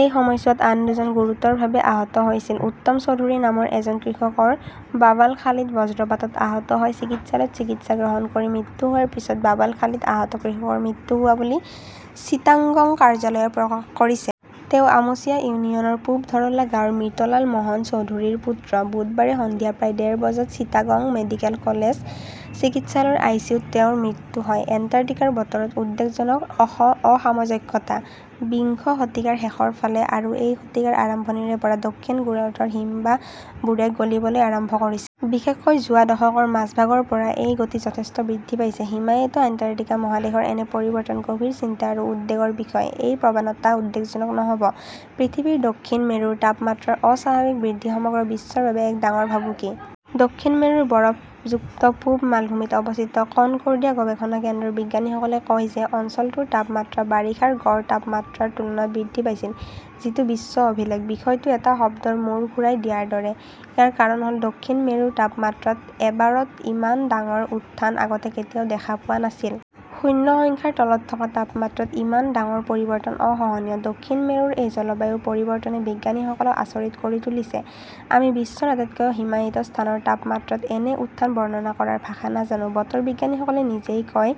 এই সময়ছোৱাত আন দুজন গুৰুতৰভাৱে আহত হৈছিল। উত্তম চৌধুৰী নামৰ এজন কৃষকৰ বাৱালখালীত বজ্ৰপাতত আহত হৈ চিকিৎসালয়ত চিকিৎসা গ্ৰহণ কৰি মৃত্যু হোৱাৰ পিছত বাৱালখালীত আহত কৃষকৰ মৃত্যু হোৱা বুলি চিটাগং কাৰ্যালয়ে প্ৰকাশ কৰিছে। তেওঁ আমুচিয়া ইউনিয়নৰ পূব ধৰলা গাঁৱৰ মৃত লাল মোহন চৌধুৰীৰ পুত্ৰ। বুধবাৰে সন্ধিয়া প্ৰায় ডেৰ বজাত চিটাগং মেডিকেল কলেজ চিকিৎসালয়ৰ আইচিইউত তেওঁৰ মৃত্যু হয়। এণ্টাৰ্কটিকাৰ বতৰত উদ্বেগজনক অস অসামঞ্জস্যতা! বিংশ শতিকাৰ শেষৰ ফালে আৰু এই শতিকাৰ আৰম্ভণিৰে পৰা দক্ষিণ গোলাৰ্ধৰ হিমবাহবোৰে গলিবলৈ আৰম্ভ কৰিছিল। বিশেষকৈ যোৱা দশকৰ মাজভাগৰ পৰা এই গতি যথেষ্ট বৃদ্ধি পাইছে। হিমায়িত এণ্টাৰ্কটিকা মহাদেশৰ এনে পৰিৱৰ্তন গভীৰ চিন্তা আৰু উদ্বেগৰ বিষয়। এই প্ৰৱণতা উদ্বেগজনক হব। পৃথিৱীৰ দক্ষিণ মেৰুৰ তাপমাত্ৰাৰ অস্বাভাৱিক বৃদ্ধি সমগ্ৰ বিশ্বৰ বাবে এক ডাঙৰ ভাবুকি। দক্ষিণ মেৰুৰ বৰফযুক্ত পূব মালভূমিত অৱস্থিত কনকৰ্ডিয়া গৱেষণা কেন্দ্ৰৰ বিজ্ঞানীসকলে কয় যে অঞ্চলটোৰ তাপমাত্ৰা বাৰিষাৰ গড় তাপমাত্ৰাৰ তুলনাত বৃদ্ধি পাইছিল, যিটো বিশ্ব অভিলেখ। বিষয়টো এটা শব্দৰ মূৰ ঘূৰাই দিয়াৰ দৰে। ইয়াৰ কাৰণ হ'ল, দক্ষিণ মেৰুৰ তাপমাত্ৰাত এবাৰত ইমান ডাঙৰ উত্থান আগতে কেতিয়াও দেখা পোৱা নাছিল। শূন্য সংখ্যাৰ তলত থকা তাপমাত্ৰাত ইমান ডাঙৰ পৰিৱৰ্তন অসহনীয়। দক্ষিণ মেৰুৰ এই জলবায়ু পৰিৱৰ্তনে বিজ্ঞানীসকলক আচৰিত কৰি তুলিছে। "আমি বিশ্বৰ আটাইতকৈ হিমায়িত স্থানৰ তাপমাত্ৰাত এনে উত্থান বৰ্ণনা কৰাৰ ভাষা নাজানো", বতৰ বিজ্ঞানীসকলে নিজেই কয়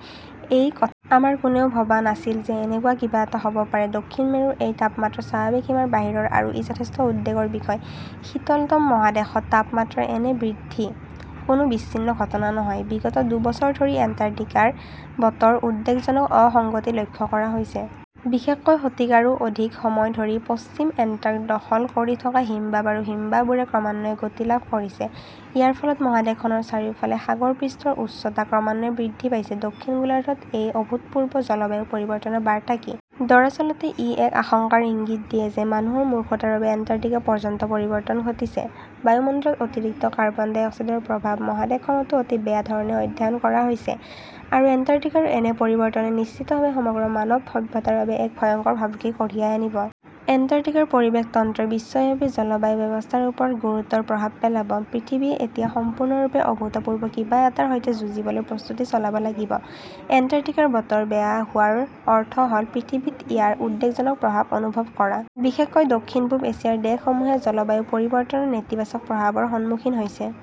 এই ক আমাৰ কোনেও ভবা নাছিল যে এনেকুৱা কিবা এটা হ'ব পাৰে। দক্ষিণ মেৰুৰ এই তাপমাত্ৰা স্বাভাৱিক সীমাৰ বাহিৰৰ আৰু ই যথেষ্ট উদ্বেগৰ বিষয়। 'শীতলতম মহাদেশত তাপমাত্ৰাৰ এনে বৃহৎ বৃদ্ধি কোনো বিচ্ছিন্ন ঘটনা নহয়। বিগত দুবছৰ ধৰি এণ্টাৰ্কটিকাৰ বতৰত উদ্বেগজনক অসঙ্গতি লক্ষ্য কৰা হৈছে। বিশেষকৈ শতিকাৰো অধিক সময় ধৰি পশ্চিম এণ্টাৰ্ক দখল কৰি থকা হিমবাহ আৰু হিমবাহবোৰে ক্ৰমান্বয়ে গতি লাভ কৰিছে। ইয়াৰ ফলত মহাদেশখনৰ চাৰিওফালে সাগৰ পৃষ্ঠৰ উচ্চতা ক্ৰমান্বয়ে বৃদ্ধি পাইছে। দক্ষিণ গোলাৰ্ধত এই অভূতপূৰ্ব জলবায়ু পৰিৱৰ্তনৰ বাৰ্তা কি? দৰাচলতে, ই এই আশংকাৰ ইংগিত দিয়ে যে মানুহৰ মূৰ্খতাৰ বাবে এণ্টাৰ্কটিকা পৰ্যন্ত পৰিৱৰ্তন ঘটিছে। বায়ুমণ্ডলত অতিৰিক্ত কাৰ্বন ডাই অক্সাইডৰ প্ৰভাৱ মহাদেশখনতো অতি বেয়া ধৰণে অধ্যয়ন কৰা হৈছে আৰু এণ্টাৰ্কটিকাৰ এনে পৰিৱৰ্তনে নিশ্চিতভাৱে সমগ্ৰ মানৱ সভ্যতাৰ বাবে এক ভয়ংকৰ ভাবুকি কঢ়িয়াই আনিব। এণ্টাৰ্কটিকাৰ পৰিৱেশ তন্ত্ৰই বিশ্বব্যাপী জলবায়ু ব্যৱস্থাৰ ওপৰত গুৰুতৰ প্ৰভাৱ পেলাব। পৃথিৱীয়ে এতিয়া সম্পূৰ্ণৰূপে অভূতপূৰ্ব কিবা এটাৰ সৈতে যুঁজিবলৈ প্ৰস্তুতি চলাব লাগিব। এণ্টাৰ্কটিকাৰ বতৰ বেয়া হোৱাৰ অৰ্থ হ'ল পৃথিৱীত ইয়াৰ উদ্বেগজনক প্ৰভাৱ অনুভৱ কৰা। বিশেষকৈ দক্ষিণ-পূব এছিয়াৰ দেশসমূহে জলবায়ু পৰিৱৰ্তনৰ নেতিবাচক প্ৰভাৱৰ সন্মুখীন হৈছে।